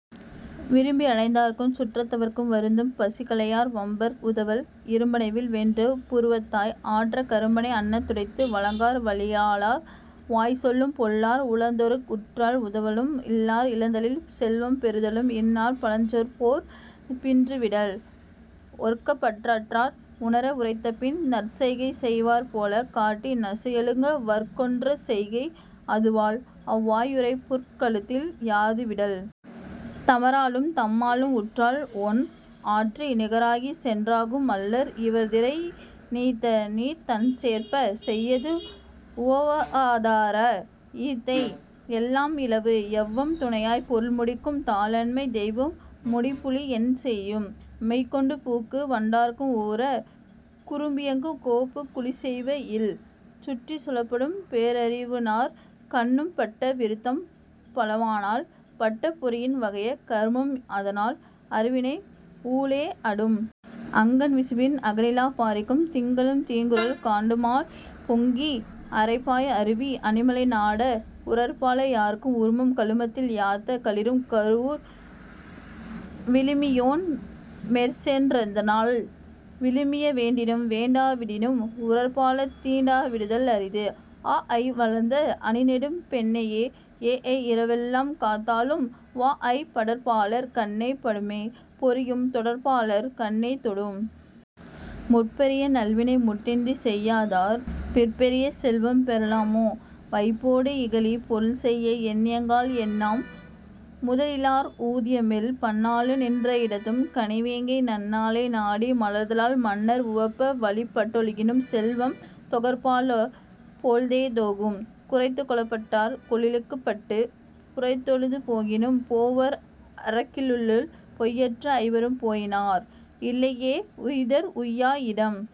விரும்பி அடைந்தார்க்கும் சுற்றத் தவர்க்கும் வருந்தும் பசிகளையார் வம்பர்க் உதவல் இரும்பணைவில் வென்ற புருவத்தாய்! 'ஆற்றக் கரும்பனை அன்ன துடைத்து'. வழங்கார் வலியாலார் வாய்ச்சொல்லும் பொல்லார் உழந்தொருக் உற்றால் உதவலும் இல்லார் இழந்ததில் செல்வம் பெறுதலும் இன்னார் 'பழஞ்செய்போர் பின்று விடல்'. ஒற்கப்பட் டற்றார் உணர உரைத்தபின் நற்செய்கை செய்வார்போல் காட்டி நசையழுங்க வற்கென்ற செய்கை அதுவால் அவ்வாயுறைப் புற்கழுத்தில் யாது விடல்'. தமராலும் தம்மாலும் உற்றால்ஒன் ஆற்றி நிகராகிச் சென்றாகும் அல்லர் இவர்திரை நீத்தநீர்த் தண்சேர்ப்ப! செய்யது 'உவவாதார ஈத்தை எல்லாம் இழவு'. எவ்வம் துணையாய்ப் பொருள்முடிக்கும் தாளாண்மை தெய்வம் முடிப்புழி என்செய்யும்? மெய்கொண்டு பூக்கு வண்டார்க்கு ஊர! 'குறும்பியங்கும் கோப்புக் குழிச்செய்வ இல்'. சுட்டிச் சொலப்படும் பேரறிவி னார்கண்ணும் பட்ட விருத்தம் பலவானால் பட்ட பொறியின் வகைய கருமம் அதனால் 'அறிவினை ஊழே அடும்'. அங்கண் விசும்பின் அகனிலாப் பாரிக்கும் திங்களும் தீங்குறுத காண்டுமால் பொங்கி அறைப்பாய் அருவி அணிமலை நாட! 'உறற்பால யார்க்கும் உறும்'. கழுமலத்தில் யாத்த களிறும் கருவூர் விழுமியோன் மேற்சென் றதனால் விழுமிய வேண்டினும் வேண்டா விடினும் 'உறற்பால தீண்டா விடுதல் அரிது'. ஆஅய் வளந்த அணிநெடும் பெண்ணையை ஏஎய் இரவெல்லாம் காத்தாலும் வாஅய்ப் படற்பாலார் கண்ணே படுமே 'பொறியும் தொடற்பாலார் கண்ணே தொடும்'. முற்பெரிய நல்வினை முட்டின்றிச் செய்யாதார் பிற்பெரிய செல்வம் பெறலாமோ? வைப்போடு இகலிப் பொருள்செய்ய எண்ணியக்கால் என்னாம்? 'முதல்இலார்க் ஊதியம் இல்'. பன்னாளும் நின்ற இடத்தும் கணிவேங்கை நன்னாளே நாடி மலர்தலால் மன்னர் உவப்ப வழிபட் டொழுகினும் செல்வம் 'தொகற்பால போழ்தே தொகும்'. குரைத்துக் கொளப்பட்டார் கொளிழுக்குப் பட்டுப் புரைத்தெழுந்து போகினும் போவர் அரக்கில்லுள் பொய்யற்ற ஐவரும் போயினார் 'இல்லையே உய்வதற் உய்யா இடம்'.